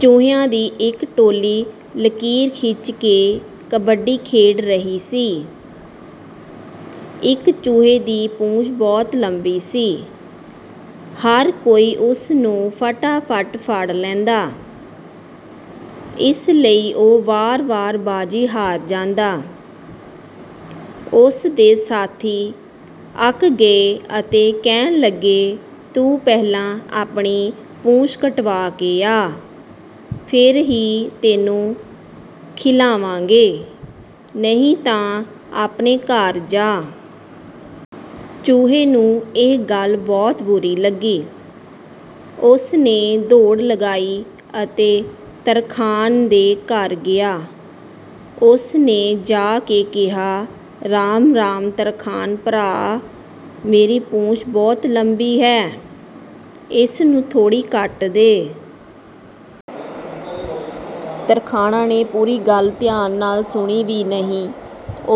ਚੂਹਿਆਂ ਦੀ ਇੱਕ ਟੋਲੀ ਲਕੀਰ ਖਿੱਚ ਕੇ ਕਬੱਡੀ ਖੇਡ ਰਹੀ ਸੀ। ਇੱਕ ਚੂਹੇ ਦੀ ਪੂਛ ਬਹੁਤ ਲੰਮੀ ਸੀ। ਹਰ ਕੋਈ ਉਸ ਨੂੰ ਫਟਾਫਟ ਫੜ ਲੈਂਦਾ, ਇਸ ਲਈ ਉਹ ਵਾਰ-ਵਾਰ ਬਾਜ਼ੀ ਹਾਰ ਜਾਂਦਾ। ਉਸ ਦੇ ਸਾਥੀ ਅੱਕ ਗਏ ਅਤੇ ਕਹਿਣ ਲੱਗੇ, "ਤੂੰ ਪਹਿਲਾਂ ਆਪਣੀ ਪੂਛ ਕਟਵਾ ਕੇ ਆ, ਫਿਰ ਹੀ ਤੈਨੂੰ ਖਿਲਾਵਾਂਗੇ, ਨਹੀਂ ਤਾਂ ਆਪਣੇ ਘਰ ਜਾ।" ਚੂਹੇ ਨੂੰ ਇਹ ਗੱਲ ਬਹੁਤ ਬੁਰੀ ਲੱਗੀ। ਉਸ ਨੇ ਦੌੜ ਲਗਾਈ ਅਤੇ ਤਰਖਾਣ ਦੇ ਘਰ ਗਿਆ। ਉਸ ਨੇ ਜਾ ਕੇ ਕਿਹਾ, "ਰਾਮ-ਰਾਮ ਤਰਖਾਣ ਭਰਾ, ਮੇਰੀ ਪੂਛ ਬਹੁਤ ਲੰਮੀ ਹੈ, ਇਸ ਨੂੰ ਥੋੜ੍ਹੀ ਕੱਟ ਦੇ।" ਤਰਖਾਣ ਨੇ ਪੂਰੀ ਗੱਲ ਧਿਆਨ ਨਾਲ ਸੁਣੀ ਵੀ ਨਹੀਂ,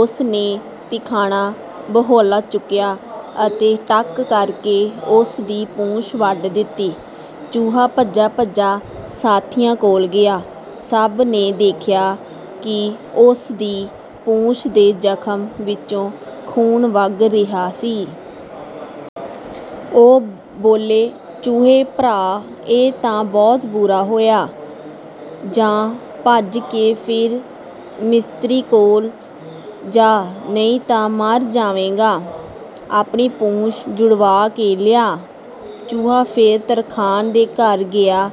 ਉਸ ਨੇ ਤਿਖਾਣਾ ਬਹੋਲਾ ਚੁੱਕਿਆ ਅਤੇ ਟੱਕ ਕਰਕੇ ਉਸ ਦੀ ਪੂਛ ਵੱਢ ਦਿੱਤੀ। ਚੂਹਾ ਭੱਜਾ-ਭੱਜਾ ਸਾਥੀਆਂ ਕੋਲ ਗਿਆ। ਸਭ ਨੇ ਦੇਖਿਆ ਕਿ ਉਸ ਦੀ ਪੂਛ ਦੇ ਜ਼ਖ਼ਮ ਵਿੱਚੋਂ ਖ਼ੂਨ ਵਗ ਰਿਹਾ ਸੀ। ਉਹ ਬੋਲੇ, "ਚੂਹੇ ਭਰਾ, ਇਹ ਤਾਂ ਬਹੁਤ ਬੁਰਾ ਹੋਇਆ। ਜਾਹ, ਭੱਜ ਕੇ ਫਿਰ ਮਿਸਤਰੀ ਕੋਲ ਜਾਹ, ਨਹੀਂ ਤਾਂ ਮਰ ਜਾਵੇਂਗਾ, ਆਪਣੀ ਪੂਛ ਜੁੜਵਾ ਕੇ ਲਿਆ।" ਚੂਹਾ ਫਿਰ ਤਰਖਾਣ ਦੇ ਘਰ ਗਿਆ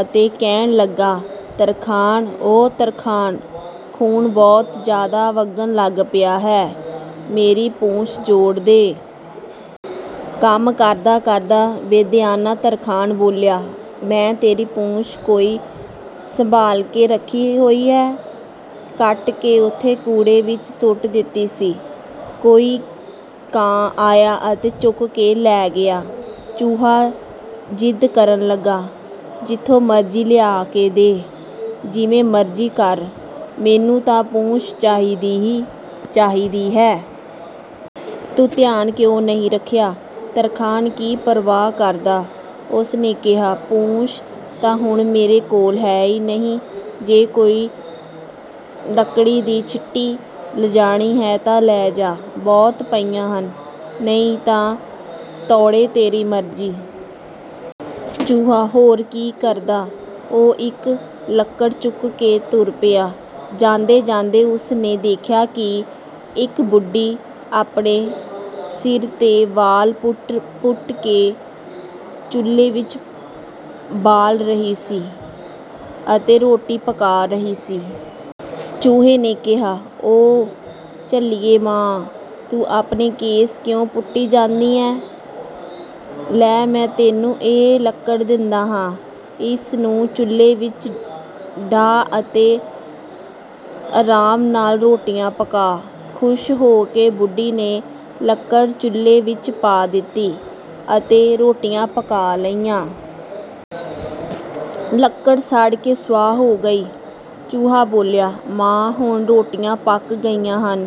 ਅਤੇ ਕਹਿਣ ਲੱਗਾ, "ਤਰਖਾਣ ਓ ਤਰਖਾਣ, ਖ਼ੂਨ ਬਹੁਤ ਜ਼ਿਆਦਾ ਵਗਣ ਲੱਗ ਪਿਆ ਹੈ, ਮੇਰੀ ਪੂਛ ਜੋੜ ਦੇ।" ਕੰਮ ਕਰਦਾ-ਕਰਦਾ ਬੇਧਿਆਨਾ ਤਰਖਾਣ ਬੋਲਿਆ, "ਮੈਂ ਤੇਰੀ ਪੂਛ ਕੋਈ ਸੰਭਾਲ ਕੇ ਰੱਖੀ ਹੋਈ ਹੈ? ਕੱਟ ਕੇ ਉੱਥੇ ਕੂੜੇ ਵਿੱਚ ਸੁੱਟ ਦਿੱਤੀ ਸੀ, ਕੋਈ ਕਾਂ ਆਇਆ ਅਤੇ ਚੁੱਕ ਕੇ ਲੈ ਗਿਆ।" ਚੂਹਾ ਜ਼ਿੱਦ ਕਰਨ ਲੱਗਾ, "ਜਿੱਥੋਂ ਮਰਜ਼ੀ ਲਿਆ ਕੇ ਦੇਹ, ਜਿਵੇਂ ਮਰਜ਼ੀ ਕਰ, ਮੈਨੂੰ ਤਾਂ ਪੂਛ ਚਾਹੀਦੀ ਹੀ ਚਾਹੀਦੀ ਹੈ। ਤੂੰ ਧਿਆਨ ਕਿਉਂ ਨਹੀਂ ਰੱਖਿਆ?" ਤਰਖਾਣ ਕੀ ਪਰਵਾਹ ਕਰਦਾ! ਉਸ ਨੇ ਕਿਹਾ, "ਪੂਛ ਤਾਂ ਹੁਣ ਮੇਰੇ ਕੋਲ ਹੈ ਨਹੀਂ, ਜੇ ਕੋਈ ਲੱਕੜੀ ਦੀ ਛਿੱਟੀ ਲਿਜਾਣੀ ਹੈ ਤਾਂ ਲੈ ਜਾ, ਬਹੁਤ ਪਈਆਂ ਹਨ, ਨਹੀਂ ਤਾਂ ਤੋੜੇ ਤੇਰੀ ਮਰਜ਼ੀ।" ਚੂਹਾ ਹੋਰ ਕੀ ਕਰਦਾ, ਉਹ ਇੱਕ ਲੱਕੜ ਚੁੱਕ ਕੇ ਤੁਰ ਪਿਆ। ਜਾਂਦੇ-ਜਾਂਦੇ ਉਸ ਨੇ ਦੇਖਿਆ ਕਿ ਇੱਕ ਬੁੱਢੀ ਆਪਣੇ ਸਿਰ ਦੇ ਵਾਲ ਪੁੱਟ-ਪੁੱਟ ਕੇ ਚੁੱਲ੍ਹੇ ਵਿੱਚ ਬਾਲ ਰਹੀ ਸੀ ਅਤੇ ਰੋਟੀ ਪਕਾ ਰਹੀ ਸੀ। ਚੂਹੇ ਨੇ ਕਿਹਾ, "ਓ ਝੱਲੀਏ ਮਾਂ, ਤੂੰ ਆਪਣੇ ਕੇਸ ਕਿਉਂ ਪੁੱਟੀ ਜਾਂਦੀ ਹੈਂ? ਲੈ, ਮੈਂ ਤੈਨੂੰ ਇਹ ਲੱਕੜ ਦਿੰਦਾ ਹਾਂ, ਇਸ ਨੂੰ ਚੁੱਲ੍ਹੇ ਵਿੱਚ ਡਾਹ ਅਤੇ ਆਰਾਮ ਨਾਲ ਰੋਟੀਆਂ ਪਕਾ।" ਖ਼ੁਸ਼ ਹੋ ਕੇ ਬੁੱਢੀ ਨੇ ਲੱਕੜ ਚੁੱਲ੍ਹੇ ਵਿੱਚ ਪਾ ਦਿੱਤੀ ਅਤੇ ਰੋਟੀਆਂ ਪਕਾ ਲਈਆਂ। ਲੱਕੜ ਸੜ ਕੇ ਸੁਆਹ ਹੋ ਗਈ। ਚੂਹਾ ਬੋਲਿਆ, "ਮਾਂ, ਹੁਣ ਰੋਟੀਆਂ ਪੱਕ ਗਈਆਂ ਹਨ,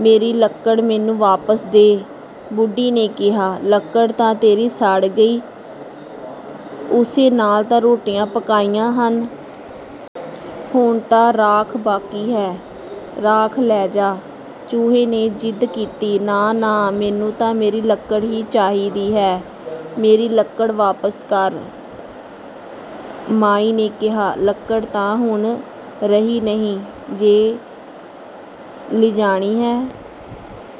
ਮੇਰੀ ਲੱਕੜ ਮੈਨੂੰ ਵਾਪਸ ਦੇ।" ਬੁੱਢੀ ਨੇ ਕਿਹਾ, "ਲੱਕੜ ਤਾਂ ਤੇਰੀ ਸੜ ਗਈ, ਉਸੇ ਨਾਲ ਤਾਂ ਰੋਟੀਆਂ ਪਕਾਈਆਂ ਹਨ! ਹੁਣ ਤਾਂ ਰਾਖ ਬਾਕੀ ਹੈ, ਰਾਖ ਲੈ ਜਾ।" ਚੂਹੇ ਨੇ ਜ਼ਿੱਦ ਕੀਤੀ, "ਨਾ-ਨਾ, ਮੈਨੂੰ ਤਾਂ ਮੇਰੀ ਲੱਕੜ ਹੀ ਚਾਹੀਦੀ ਹੈ, ਮੇਰੀ ਲੱਕੜ ਵਾਪਸ ਕਰ।" ਮਾਈ ਨੇ ਕਿਹਾ, "ਲੱਕੜ ਤਾਂ ਹੁਣ ਰਹੀ ਨਹੀਂ, ਜੇ ਲਿਜਾਣੀ ਹੈ